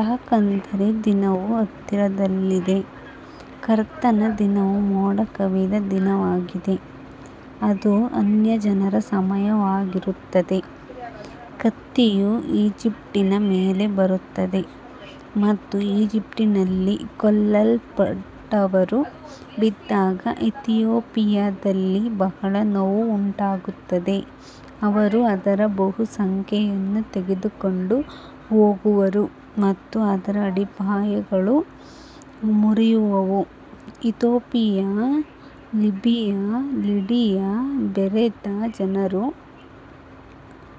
ಯಾಕಂದರೆ ದಿನವು ಹತ್ತಿರದಲ್ಲಿದೆ, ಕರ್ತನ ದಿನವು ಮೋಡ ಕವಿದ ದಿನವಾಗಿದೆ, ಅದು ಅನ್ಯಜನರ ಸಮಯವಾಗಿರುತ್ತದೆ. ಕತ್ತಿಯು ಈಜಿಪ್ಟಿನ ಮೇಲೆ ಬರುತ್ತದೆ ಮತ್ತು ಈಜಿಪ್ಟಿನಲ್ಲಿ ಕೊಲ್ಲಲ್ಪಟ್ಟವರು ಬಿದ್ದಾಗ ಇಥಿಯೋಪಿಯಾದಲ್ಲಿ ಬಹಳ ನೋವು ಉಂಟಾಗುತ್ತದೆ. ಅವರು ಅದರ ಬಹುಸಂಖ್ಯೆಯನ್ನು ತೆಗೆದುಕೊಂಡು ಹೋಗುವರು ಮತ್ತು ಅದರ ಅಡಿಪಾಯಗಳು ಮುರಿಯುವವು. ಇಥಿಯೋಪಿಯ, ಲಿಬಿಯಾ, ಲಿಡಿಯಾ, ಬೆರೆತ ಜನರು,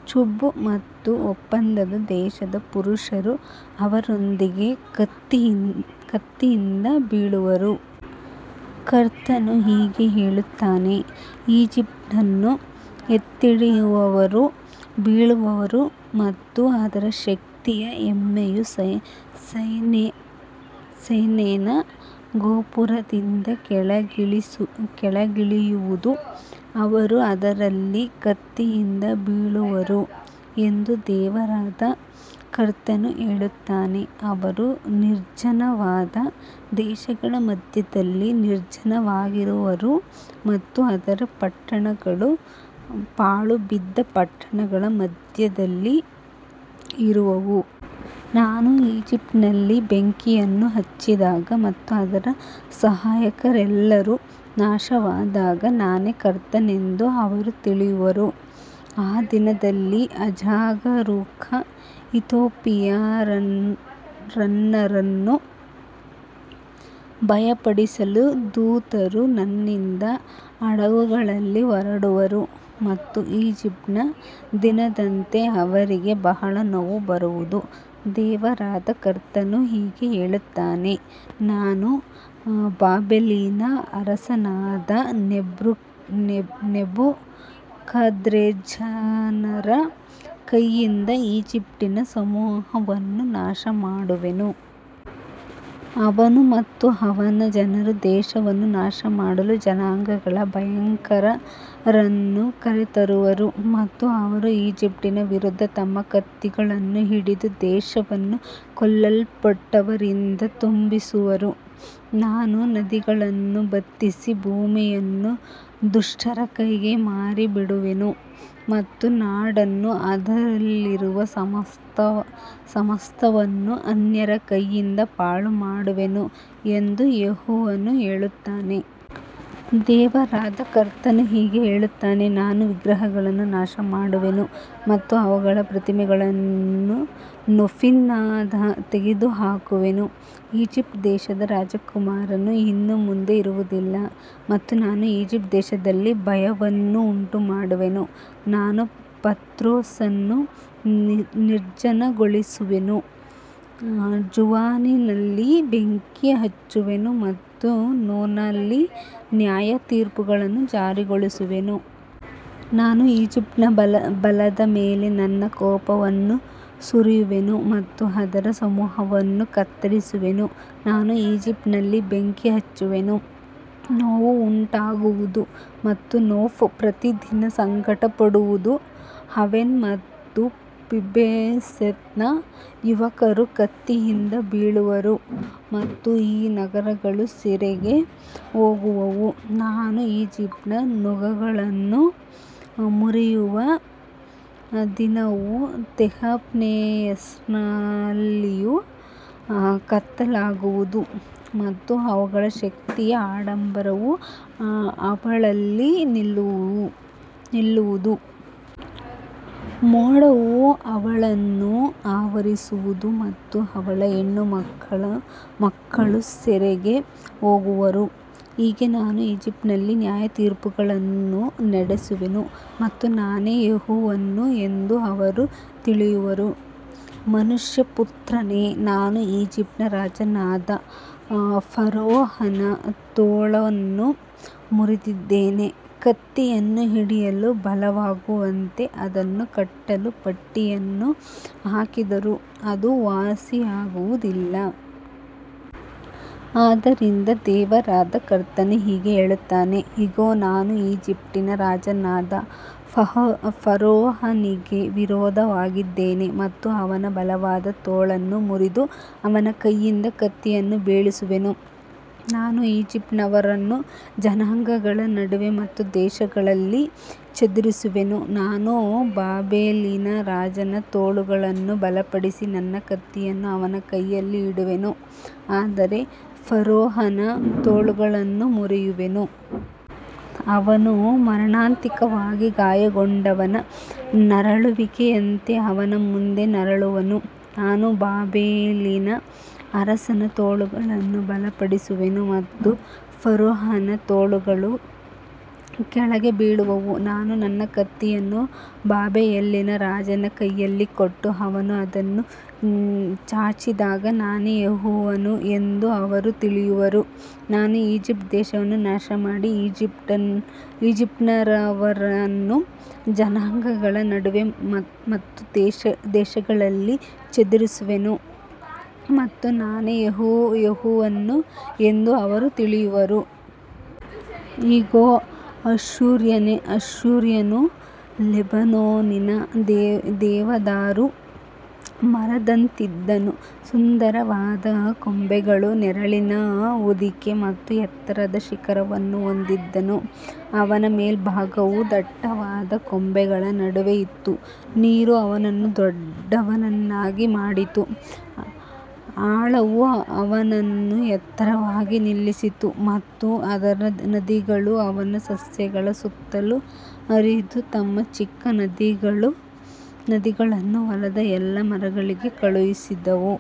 ಚುಬ್ ಮತ್ತು ಒಪ್ಪಂದದ ದೇಶದ ಪುರುಷರು ಅವರೊಂದಿಗೆ ಕತ್ತಿಯಿಂದ ಬೀಳುವರು. ಕರ್ತನು ಹೀಗೆ ಹೇಳುತ್ತಾನೆ, ಈಜಿಪ್ಟನ್ನು ಎತ್ತಿಹಿಡಿಯುವವರು ಬೀಳುವರು ಮತ್ತು ಅದರ ಶಕ್ತಿಯ ಹೆಮ್ಮೆಯು ಸೈನೆನ ಗೋಪುರದಿಂದ ಕೆಳಗಿಳಿಯುವುದು. ಅವರು ಅದರಲ್ಲಿ ಕತ್ತಿಯಿಂದ ಬೀಳುವರು ಎಂದು ದೇವರಾದ ಕರ್ತನು ಹೇಳುತ್ತಾನೆ. ಅವರು ನಿರ್ಜನವಾದ ದೇಶಗಳ ಮಧ್ಯದಲ್ಲಿ ನಿರ್ಜನವಾಗಿರುವರು ಮತ್ತು ಅದರ ಪಟ್ಟಣಗಳು ಪಾಳುಬಿದ್ದ ಪಟ್ಟಣಗಳ ಮಧ್ಯದಲ್ಲಿ ಇರುವವು. ನಾನು ಈಜಿಪ್ಟಿನಲ್ಲಿ ಬೆಂಕಿಯನ್ನು ಹಚ್ಚಿದಾಗ ಮತ್ತು ಅದರ ಸಹಾಯಕರೆಲ್ಲರೂ ನಾಶವಾದಾಗ ನಾನೇ ಕರ್ತನೆಂದು ಅವರು ತಿಳಿಯುವರು. ಆ ದಿನದಲ್ಲಿ ಅಜಾಗರೂಕ ಇಥಿಯೋಪಿಯನ್ನರನ್ನು ಭಯಪಡಿಸಲು ದೂತರು ನನ್ನಿಂದ ಹಡಗುಗಳಲ್ಲಿ ಹೊರಡುವರು ಮತ್ತು ಈಜಿಪ್ಟಿನ ದಿನದಂತೆ ಅವರಿಗೆ ಬಹಳ ನೋವು ಬರುವುದು. ದೇವರಾದ ಕರ್ತನು ಹೀಗೆ ಹೇಳುತ್ತಾನೆ, ನಾನು ಬಾಬೆಲಿನ ಅರಸನಾದ ನೆಬುಕದ್ರೆಜ್ಜರನ ಕೈಯಿಂದ ಈಜಿಪ್ಟಿನ ಸಮೂಹವನ್ನು ನಾಶಮಾಡುವೆನು. ಅವನು ಮತ್ತು ಅವನ ಜನರು ದೇಶವನ್ನು ನಾಶಮಾಡಲು ಜನಾಂಗಗಳ ಭಯಂಕರರನ್ನು ಕರೆತರುವರು ಮತ್ತು ಅವರು ಈಜಿಪ್ಟಿನ ವಿರುದ್ಧ ತಮ್ಮ ಕತ್ತಿಗಳನ್ನು ಹಿರಿದು ದೇಶವನ್ನು ಕೊಲ್ಲಲ್ಪಟ್ಟವರಿಂದ ತುಂಬಿಸುವರು. ನಾನು ನದಿಗಳನ್ನು ಬತ್ತಿಸಿ ಭೂಮಿಯನ್ನು ದುಷ್ಟರ ಕೈಗೆ ಮಾರಿಬಿಡುವೆನು ಮತ್ತು ನಾಡನ್ನೂ ಅದರಲ್ಲಿರುವ ಸಮಸ್ತವನ್ನೂ ಅನ್ಯರ ಕೈಯಿಂದ ಪಾಳುಮಾಡುವೆನು ಎಂದು ಯೆಹೋವನು ಹೇಳುತ್ತಾನೆ. ದೇವರಾದ ಕರ್ತನು ಹೀಗೆ ಹೇಳುತ್ತಾನೆ, ನಾನು ವಿಗ್ರಹಗಳನ್ನು ನಾಶಮಾಡುವೆನು ಮತ್ತು ಅವುಗಳ ಪ್ರತಿಮೆಗಳನ್ನು ನೋಫ್ನಿಂದ ತೆಗೆದುಹಾಕುವೆನು. ಈಜಿಪ್ಟ್ ದೇಶದ ರಾಜಕುಮಾರನು ಇನ್ನು ಮುಂದೆ ಇರುವುದಿಲ್ಲ ಮತ್ತು ನಾನು ಈಜಿಪ್ಟ್ ದೇಶದಲ್ಲಿ ಭಯವನ್ನು ಉಂಟುಮಾಡುವೆನು. ನಾನು ಪತ್ರೋಸನ್ನು ನಿರ್ಜನಗೊಳಿಸುವೆನು, ಝೋವಾನಿನಲ್ಲಿ ಬೆಂಕಿ ಹಚ್ಚುವೆನು ಮತ್ತು ನೋನಲ್ಲಿ ನ್ಯಾಯತೀರ್ಪುಗಳನ್ನು ಜಾರಿಗೊಳಿಸುವೆನು. ನಾನು ಈಜಿಪ್ಟಿನ ಬಲದ ಮೇಲೆ ನನ್ನ ಕೋಪವನ್ನು ಸುರಿಯುವೆನು ಮತ್ತು ಅದರ ಸಮೂಹವನ್ನು ಕತ್ತರಿಸುವೆನು. ನಾನು ಈಜಿಪ್ಟಿನಲ್ಲಿ ಬೆಂಕಿ ಹಚ್ಚುವೆನು, ನೋವು ಉಂಟಾಗುವುದು ಮತ್ತು ನೋಫ್ ಪ್ರತಿದಿನ ಸಂಕಟಪಡುವುದು. ಆವೆನ್ ಮತ್ತು ಪಿಬೆಸೆತ್ನ ಯುವಕರು ಕತ್ತಿಯಿಂದ ಬೀಳುವರು ಮತ್ತು ಈ ನಗರಗಳು ಸೆರೆಗೆ ಹೋಗುವವು. ನಾನು ಈಜಿಪ್ಟಿನ ನೊಗಗಳನ್ನು ಮುರಿಯುವ ದಿನವು ತೆಹಫ್ನೆಹೆಸ್ನಲ್ಲಿಯೂ ಕತ್ತಲಾಗುವುದು ಮತ್ತು ಅವಳ ಶಕ್ತಿಯ ಆಡಂಬರವು ಅವಳಲ್ಲಿ ನಿಲ್ಲುವುದು. ಮೋಡವು ಅವಳನ್ನು ಆವರಿಸುವುದು ಮತ್ತು ಅವಳ ಹೆಣ್ಣುಮಕ್ಕಳು ಸೆರೆಗೆ ಹೋಗುವರು. ಹೀಗೆ ನಾನು ಈಜಿಪ್ಟಿನಲ್ಲಿ ನ್ಯಾಯತೀರ್ಪುಗಳನ್ನು ನಡೆಸುವೆನು ಮತ್ತು ನಾನೇ ಯೆಹೋವನು ಎಂದು ಅವರು ತಿಳಿಯುವರು. ಮನುಷ್ಯಪುತ್ರನೇ, ನಾನು ಈಜಿಪ್ಟಿನ ರಾಜನಾದ ಫರೋಹನ ತೋಳನ್ನು ಮುರಿದಿದ್ದೇನೆ. ಕತ್ತಿಯನ್ನು ಹಿಡಿಯಲು ಬಲವಾಗುವಂತೆ ಅದನ್ನು ಕಟ್ಟಲು ಪಟ್ಟಿಯನ್ನು ಹಾಕಿದರೂ ಅದು ವಾಸಿಯಾಗುವುದಿಲ್ಲ. ಆದದರಿಂದ ದೇವರಾದ ಕರ್ತನು ಹೀಗೆ ಹೇಳುತ್ತಾನೆ, ಇಗೋ, ನಾನು ಈಜಿಪ್ಟಿನ ರಾಜನಾದ ಫರೋಹನಿಗೆ ವಿರೋಧವಾಗಿದ್ದೇನೆ ಮತ್ತು ಅವನ ಬಲವಾದ ತೋಳನ್ನು ಮುರಿದು ಅವನ ಕೈಯಿಂದ ಕತ್ತಿಯನ್ನು ಬೀಳಿಸುವೆನು. ನಾನು ಈಜಿಪ್ಟಿನವರನ್ನು ಜನಾಂಗಗಳ ನಡುವೆ ಮತ್ತು ದೇಶಗಳಲ್ಲಿ ಚದುರಿಸುವೆನು. ನಾನು ಬಾಬೆಲಿನ ರಾಜನ ತೋಳುಗಳನ್ನು ಬಲಪಡಿಸಿ ನನ್ನ ಕತ್ತಿಯನ್ನು ಅವನ ಕೈಯಲ್ಲಿ ಇಡುವೆನು, ಆದರೆ ಫರೋಹನ ತೋಳುಗಳನ್ನು ಮುರಿಯುವೆನು. ಅವನು ಮಾರಣಾಂತಿಕವಾಗಿ ಗಾಯಗೊಂಡವನ ನರಳುವಿಕೆಯಂತೆ ಅವನ ಮುಂದೆ ನರಳುವನು. ನಾನು ಬಾಬೆಲಿನ ಅರಸನ ತೋಳುಗಳನ್ನು ಬಲಪಡಿಸುವೆನು ಮತ್ತು ಫರೋಹನ ತೋಳುಗಳು ಕೆಳಗೆ ಬೀಳುವವು. ನಾನು ನನ್ನ ಕತ್ತಿಯನ್ನು ಬಾಬೆಲಿನ ರಾಜನ ಕೈಯಲ್ಲಿ ಕೊಟ್ಟು ಅವನು ಅದನ್ನು ಚಾಚಿದಾಗ ನಾನೇ ಯೆಹೋವನು ಎಂದು ಅವರು ತಿಳಿಯುವರು. ನಾನು ಈಜಿಪ್ಟ್ ದೇಶವನ್ನು ನಾಶಮಾಡಿ ಈಜಿಪ್ಟಿನವರನ್ನು ಜನಾಂಗಗಳ ನಡುವೆ ಮತ್ತು ದೇಶಗಳಲ್ಲಿ ಚದುರಿಸುವೆನು ಮತ್ತು ನಾನೇ ಯೆಹೋವನು ಎಂದು ಅವರು ತಿಳಿಯುವರು. ಇಗೋ, ಅಶ್ಶೂರ್ಯನು ಲೆಬನೋನಿನ ದೇವದಾರು ಮರದಂತಿದ್ದನು, ಸುಂದರವಾದ ಕೊಂಬೆಗಳು, ನೆರಳಿನ ಹೊದಿಕೆ ಮತ್ತು ಎತ್ತರದ ಶಿಖರವನ್ನು ಹೊಂದಿದ್ದನು, ಅವನ ಮೇಲ್ಭಾಗವು ದಟ್ಟವಾದ ಕೊಂಬೆಗಳ ನಡುವೆ ಇತ್ತು. ನೀರು ಅವನನ್ನು ದೊಡ್ಡವನನ್ನಾಗಿ ಮಾಡಿತು, ಆಳವು ಅವನನ್ನು ಎತ್ತರವಾಗಿ ನಿಲ್ಲಿಸಿತು ಮತ್ತು ಅದರ ನದಿಗಳು ಅವನ ಸಸ್ಯಗಳ ಸುತ್ತಲೂ ಹರಿದು ತಮ್ಮ ಚಿಕ್ಕ ನದಿಗಳನ್ನು ಹೊಲದ ಎಲ್ಲಾ ಮರಗಳಿಗೆ ಕಳುಹಿಸಿದವು.